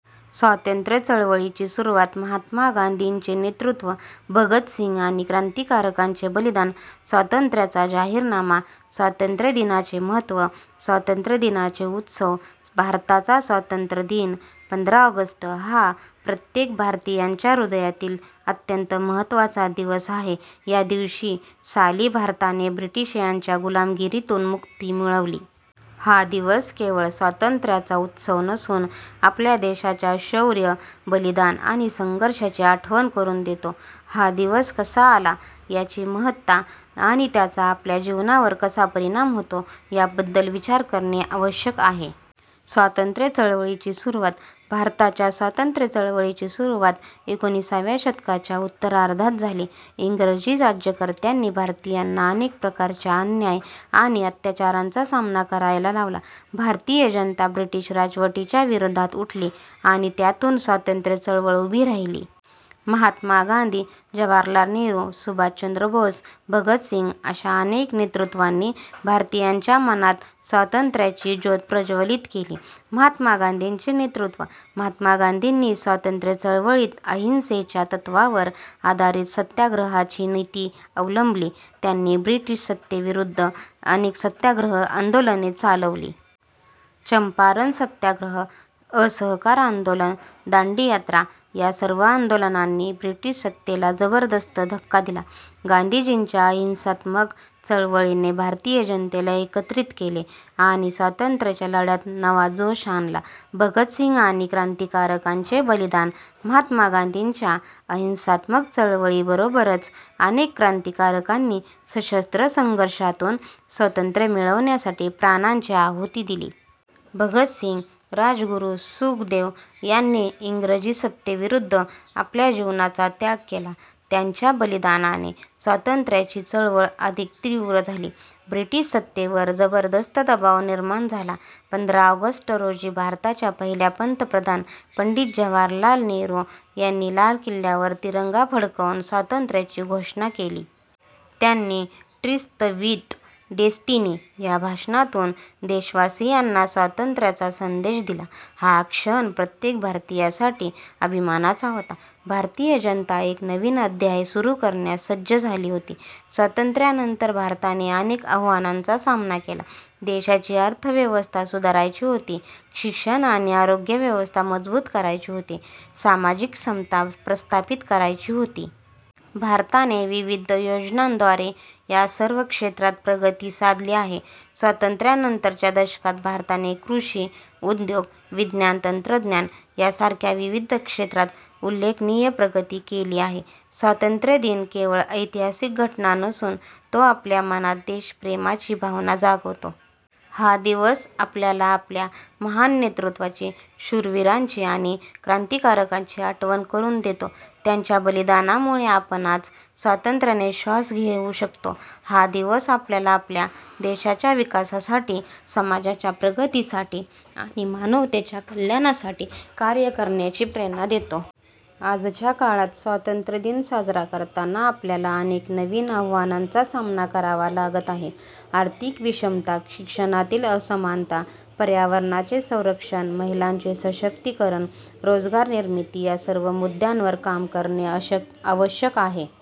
स्वातंत्र्य चळवळीची सुरुवात, महात्मा गांधींचे नेतृत्व, भगतसिंग आणि क्रांतिकारकांचे बलिदान, स्वातंत्र्याचा जाहीरनामा, स्वातंत्र्य दिनाचे महत्त्व, स्वातंत्र्य दिनाचे उत्सव. भारताचा स्वातंत्र्य दिन, पंधरा ऑगस्ट, हा प्रत्येक भारतीयांच्या हृदयातील अत्यंत महत्त्वाचा दिवस आहे. या दिवशी साली भारताने ब्रिटिशांच्या गुलामगिरीतून मुक्ती मिळवली. हा दिवस केवळ स्वातंत्र्याचा उत्सव नसून आपल्या देशाच्या शौर्य, बलिदान आणि संघर्षाची आठवण करून देतो. हा दिवस कसा आला, त्याची महत्ता आणि त्याचा आपल्या जीवनावर कसा परिणाम होतो, याबद्दल विचार करणे आवश्यक आहे. स्वातंत्र्य चळवळीची सुरुवात. भारताच्या स्वातंत्र्य चळवळीची सुरुवात एकोणिसाव्या शतकाच्या उत्तरार्धात झाली. इंग्रजी राज्यकर्त्यांनी भारतीयांना अनेक प्रकारच्या अन्याय आणि अत्याचारांचा सामना करायला लावला. भारतीय जनता ब्रिटिश राजवटीच्या विरोधात उठली आणि त्यातून स्वातंत्र्य चळवळ उभी राहिली. महात्मा गांधी, जवाहरलाल नेहरू, सुभाषचंद्र बोस, भगतसिंग अशा अनेक नेतृत्वांनी भारतीयांच्या मनात स्वातंत्र्याची ज्योत प्रज्वलित केली. महात्मा गांधींचे नेतृत्व. महात्मा गांधींनी स्वातंत्र्य चळवळीत अहिंसेच्या तत्त्वावर आधारित सत्याग्रहाची नीती अवलंबली. त्यांनी ब्रिटिश सत्तेविरुद्ध अनेक सत्याग्रह आंदोलने चालवली. चंपारण सत्याग्रह, असहकार आंदोलन, दांडी यात्रा या सर्व आंदोलनांनी ब्रिटिश सत्तेला जबरदस्त धक्का दिला. गांधीजींच्या अहिंसात्मक चळवळीने भारतीय जनतेला एकत्रित केले आणि स्वातंत्र्याच्या लढ्यात नवा जोश आणला. भगतसिंग आणि क्रांतिकारकांचे बलिदान. महात्मा गांधींच्या अहिंसात्मक चळवळीबरोबरच अनेक क्रांतिकारकांनी सशस्त्र संघर्षातून स्वातंत्र्य मिळवण्यासाठी प्राणांची आहुती दिली. भगतसिंग, राजगुरू, सुखदेव यांनी इंग्रजी सत्तेविरुद्ध आपल्या जीवनाचा त्याग केला. त्यांच्या बलिदानाने स्वातंत्र्याची चळवळ अधिक तीव्र झाली आणि ब्रिटिश सत्तेवर जबरदस्त दबाव निर्माण झाला. पंधरा ऑगस्ट रोजी भारताच्या पहिल्या पंतप्रधान पंडित जवाहरलाल नेहरू यांनी लाल किल्ल्यावर तिरंगा फडकवून स्वातंत्र्याची घोषणा केली. त्यांनी ट्रिस्ट विथ डेस्टिनी या भाषणातून देशवासीयांना स्वातंत्र्याचा संदेश दिला. हा क्षण प्रत्येक भारतीयासाठी अभिमानाचा होता. भारतीय जनता एक नवीन अध्याय सुरू करण्यास सज्ज झाली होती. स्वातंत्र्यानंतर भारताने अनेक आव्हानांचा सामना केला. देशाची अर्थव्यवस्था सुधारायची होती, शिक्षण आणि आरोग्य व्यवस्था मजबूत करायची होती, सामाजिक समता प्रस्थापित करायची होती. भारताने विविध योजनांद्वारे या सर्व क्षेत्रात प्रगती साधली आहे. स्वातंत्र्यानंतरच्या दशकांत भारताने कृषी, उद्योग, विज्ञान तंत्रज्ञान यासारख्या विविध क्षेत्रात उल्लेखनीय प्रगती केली आहे. स्वातंत्र्य दिन केवळ ऐतिहासिक घटना नसून तो आपल्या मनात देशप्रेमाची भावना जागवतो. हा दिवस आपल्याला आपल्या महान नेतृत्वाची, शूरवीरांची आणि क्रांतिकारकांची आठवण करून देतो. त्यांच्या बलिदानामुळे आपण आज स्वातंत्र्याने श्वास घेऊ शकतो. हा दिवस आपल्याला आपल्या देशाच्या विकासासाठी, समाजाच्या प्रगतीसाठी आणि मानवतेच्या कल्याणासाठी कार्य करण्याची प्रेरणा देतो. आजच्या काळात स्वातंत्र्य दिन साजरा करताना आपल्याला अनेक नवीन आव्हानांचा सामना करावा लागत आहे. आर्थिक विषमता, शिक्षणातील असमानता, पर्यावरणाचे संरक्षण, महिलांचे सशक्तीकरण, रोजगार निर्मिती या सर्व मुद्द्यांवर काम करणे आवश्यक आहे.